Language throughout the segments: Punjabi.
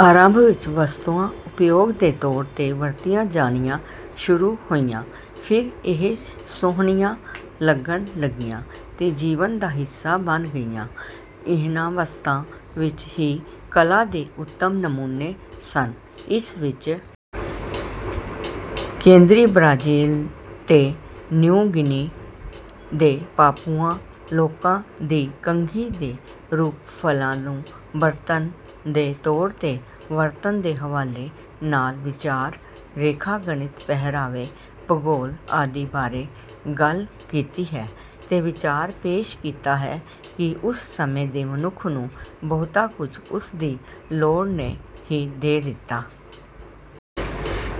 ਆਰੰਭ ਵਿੱਚ ਵਸਤੂਆਂ ਉਪਯੋਗ ਦੇ ਤੌਰ ਤੇ ਵਰਤੀਆਂ ਜਾਣੀਆਂ ਸ਼ੁਰੂ ਹੋਈਆਂ ਫਿਰ ਇਹ ਸੋਹਣੀਆਂ ਲੱਗਣ ਲੱਗੀਆਂ ਤੇ ਜੀਵਨ ਦਾ ਹਿੱਸਾ ਬਣ ਗਈਆਂ। ਇਹਨਾਂ ਵਸਤਾਂ ਵਿੱਚ ਹੀ ਕਲਾ ਦੇ ਉੱਤਮ ਨਮੂਨੇ ਸਨ। ਇਸ ਵਿੱਚ ਕੇਂਦਰੀ ਬ੍ਰਾਜ਼ੀਲ ਤੇ ਨਿਊ ਗਿਨੀ ਦੇ ਪਾਪੂਆ ਲੋਕਾਂ ਦੀ ਕੰਘੀ ਦੇ ਰੂਪ ਫਲਾਂ ਨੂੰ ਬਰਤਨ ਦੇ ਤੌਰ ਤੇ ਵਰਤਣ ਦੇ ਹਵਾਲੇ ਨਾਲ ਵਿਚਾਰ ਰੇਖਾ ਗਣਿਤ ਪਹਿਰਾਵੇ ਭੂਗੋਲ ਆਦਿ ਬਾਰੇ ਗੱਲ ਕੀਤੀ ਹੈ ਤੇ ਵਿਚਾਰ ਪੇਸ਼ ਕੀਤਾ ਹੈ ਕਿ ਉਸ ਸਮੇਂ ਦੇ ਮਨੁੱਖ ਨੂੰ ਬਹੁਤਾ ਕੁਝ ਉਸਦੀ ਲੋੜ ਨੇ ਹੀ ਦੇ ਦਿੱਤਾ।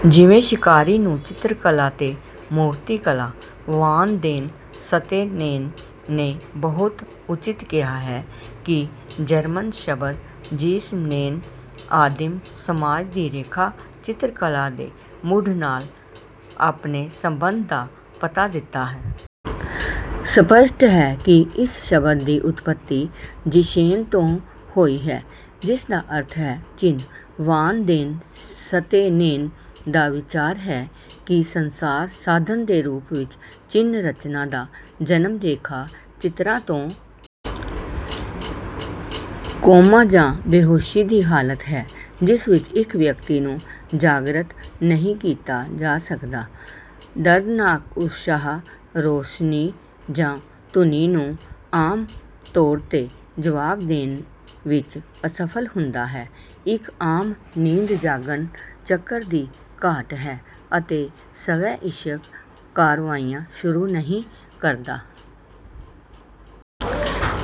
ਜਿਵੇਂ ਸ਼ਿਕਾਰੀ ਨੂੰ ਚਿੱਤਰਕਲਾ ਤੇ ਮੂਰਤੀਕਲਾ। ਵਾਨ ਦੇਨ ਸਤੇਨੇਨ ਨੇ ਬਹੁਤ ਉਚਿਤ ਕਿਹਾ ਹੈ ਕਿ ਜਰਮਨ ਸ਼ਬਦ ਜ਼ੀਸ਼ਨੇਨ ਆਦਿਮ ਸਮਾਜ ਦੀ ਰੇਖਾ ਚਿੱਤਰ ਕਲਾ ਦੇ ਮੁੱਢ ਨਾਲ ਆਪਣੇ ਸੰਬੰਧ ਦਾ ਪਤਾ ਦਿੰਦਾ ਹੈ। ਸਪੱਸ਼ਟ ਹੈ ਕਿ ਇਸ ਸ਼ਬਦ ਦੀ ਉਤਪਤੀ ਜ਼ੀਸ਼ੇਨ ਤੋਂ ਹੋਈ ਹੈ ਜਿਸ ਦਾ ਅਰਥ ਹੈ ਚਿੰਨ੍ਹ। ਵਾਨ ਦੇਨ ਸਤੇਨੇਨ ਦਾ ਵਿਚਾਰ ਹੈ ਕਿ ਸੰਸਾਰ ਸਾਧਨ ਦੇ ਰੂਪ ਵਿੱਚ ਚਿੰਨ੍ਹ ਰਚਨਾ ਦਾ ਜਨਮ ਰੇਖਾ ਚਿੱਤਰਾਂ ਤੋਂ। ਕੋਮਾ ਜਾਂ ਬੇਹੋਸ਼ੀ ਦੀ ਹਾਲਤ ਹੈ ਜਿਸ ਵਿੱਚ ਇੱਕ ਵਿਅਕਤੀ ਨੂੰ ਜਾਗਰਤ ਨਹੀਂ ਕੀਤਾ ਜਾ ਸਕਦਾ। ਦਰਦਨਾਕ ਉਤਸ਼ਾਹ ਰੌਸ਼ਨੀ ਜਾਂ ਧੁਨੀ ਨੂੰ ਆਮ ਤੌਰ ਤੇ ਜਵਾਬ ਦੇਣ ਵਿੱਚ ਅਸਫਲ ਹੁੰਦਾ ਹੈ। ਇੱਕ ਆਮ ਨੀਂਦ ਜਾਗਣ ਚੱਕਰ ਦੀ ਘਾਟ ਹੈ ਅਤੇ ਸਵੈ ਇੱਛਕ ਕਾਰਵਾਈਆਂ ਸ਼ੁਰੂ ਨਹੀਂ ਕਰਦਾ।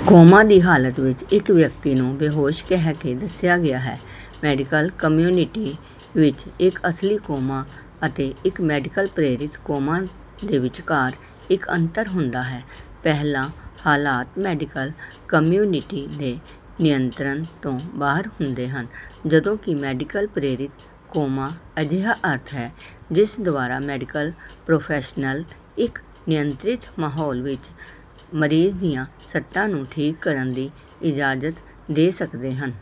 ਕੋਮਾ ਦੀ ਹਾਲਤ ਵਿੱਚ ਇੱਕ ਵਿਅਕਤੀ ਨੂੰ ਬੇਹੋਸ਼ ਕਹਿ ਕੇ ਦੱਸਿਆ ਗਿਆ ਹੈ। ਮੈਡੀਕਲ ਕਮਿਊਨਿਟੀ ਵਿੱਚ ਇੱਕ ਅਸਲੀ ਕੋਮਾ ਅਤੇ ਇੱਕ ਮੈਡੀਕਲ ਪ੍ਰੇਰਿਤ ਕੋਮਾ ਦੇ ਵਿਚਕਾਰ ਇੱਕ ਅੰਤਰ ਹੁੰਦਾ ਹੈ ਪਹਿਲਾ ਹਾਲਾਤ ਮੈਡੀਕਲ ਕਮਿਊਨਿਟੀ ਦੇ ਨਿਯੰਤਰਣ ਤੋਂ ਬਾਹਰ ਹੁੰਦੇ ਹਨ ਜਦੋਂ ਕਿ ਮੈਡੀਕਲ ਪ੍ਰੇਰਿਤ ਕੋਮਾ ਅਜਿਹਾ ਅਰਥ ਹੈ ਜਿਸ ਦੁਆਰਾ ਮੈਡੀਕਲ ਪ੍ਰੋਫੈਸ਼ਨਲ ਇੱਕ ਨਿਯੰਤਰਿਤ ਮਾਹੌਲ ਵਿੱਚ ਮਰੀਜ਼ ਦੀਆਂ ਸੱਟਾਂ ਨੂੰ ਠੀਕ ਕਰਨ ਦੀ ਇਜਾਜ਼ਤ ਦੇ ਸਕਦੇ ਹਨ।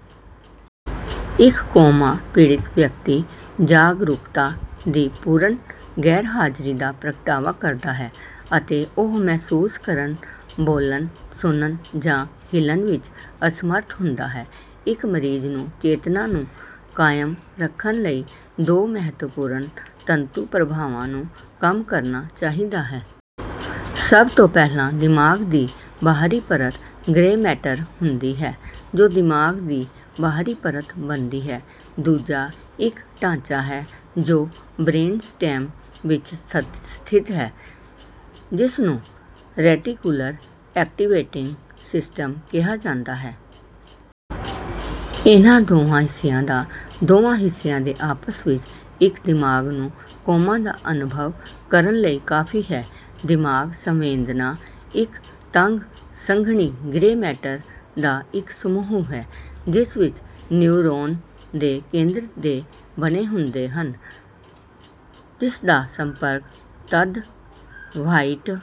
ਇੱਕ ਕੋਮਾ ਪੀੜਤ ਵਿਅਕਤੀ ਜਾਗਰੂਕਤਾ ਦੀ ਪੂਰਨ ਗੈਰਹਾਜ਼ਰੀ ਦਾ ਪ੍ਰਗਟਾਵਾ ਕਰਦਾ ਹੈ ਅਤੇ ਉਹ ਮਹਿਸੂਸ ਕਰਨ ਬੋਲਣ ਸੁਣਨ ਜਾਂ ਹਿੱਲਣ ਵਿੱਚ ਅਸਮਰਥ ਹੁੰਦਾ ਹੈ। ਇੱਕ ਮਰੀਜ਼ ਨੂੰ ਚੇਤਨਾ ਨੂੰ ਕਾਇਮ ਰੱਖਣ ਲਈ ਦੋ ਮਹੱਤਵਪੂਰਨ ਤੰਤੂ ਪ੍ਰਭਾਵਾਂ ਨੂੰ ਕੰਮ ਕਰਨਾ ਚਾਹੀਦਾ ਹੈ। ਸਭ ਤੋਂ ਪਹਿਲਾਂ ਦਿਮਾਗ ਦੀ ਬਾਹਰੀ ਪਰਤ ਗ੍ਰੇ ਮੈਟਰ ਹੁੰਦੀ ਹੈ ਜੋ ਦਿਮਾਗ ਦੀ ਬਾਹਰੀ ਪਰਤ ਬਣਦੀ ਹੈ। ਦੂਜਾ ਇੱਕ ਢਾਂਚਾ ਹੈ ਜੋ ਬ੍ਰੇਨਸਟੈਮ ਵਿੱਚ ਸਥਿਤ ਹੈ ਜਿਸ ਨੂੰ ਰੈਟੀਕੂਲਰ ਐਕਟੀਵੇਟਿੰਗ ਸਿਸਟਮ ਕਿਹਾ ਜਾਂਦਾ ਹੈ। ਇਹਨਾਂ ਦੋਹਾਂ ਹਿੱਸਿਆਂ ਜਾਂ ਦੋਵਾਂ ਹਿੱਸਿਆਂ ਦੇ ਆਪਸ ਵਿੱਚ ਇੱਕ ਦਿਮਾਗ ਨੂੰ ਕੋਮਾ ਦਾ ਅਨੁਭਵ ਕਰਨ ਲਈ ਕਾਫੀ ਹੈ। ਦਿਮਾਗ ਸੰਵੇਦਨਾ ਇੱਕ ਤੰਗ ਸੰਘਣੀ ਗ੍ਰੇ ਮੈਟਰ ਦਾ ਇੱਕ ਸਮੂਹ ਹੈ ਜਿਸ ਵਿੱਚ ਨਿਊਰੋਨ ਦੇ ਕੇਂਦਰ ਦੇ ਬਣੇ ਹੁੰਦੇ ਹਨ ਜਿਸਦਾ ਸੰਪਰਕ ਤਦ ਵ੍ਹਾਈਟ।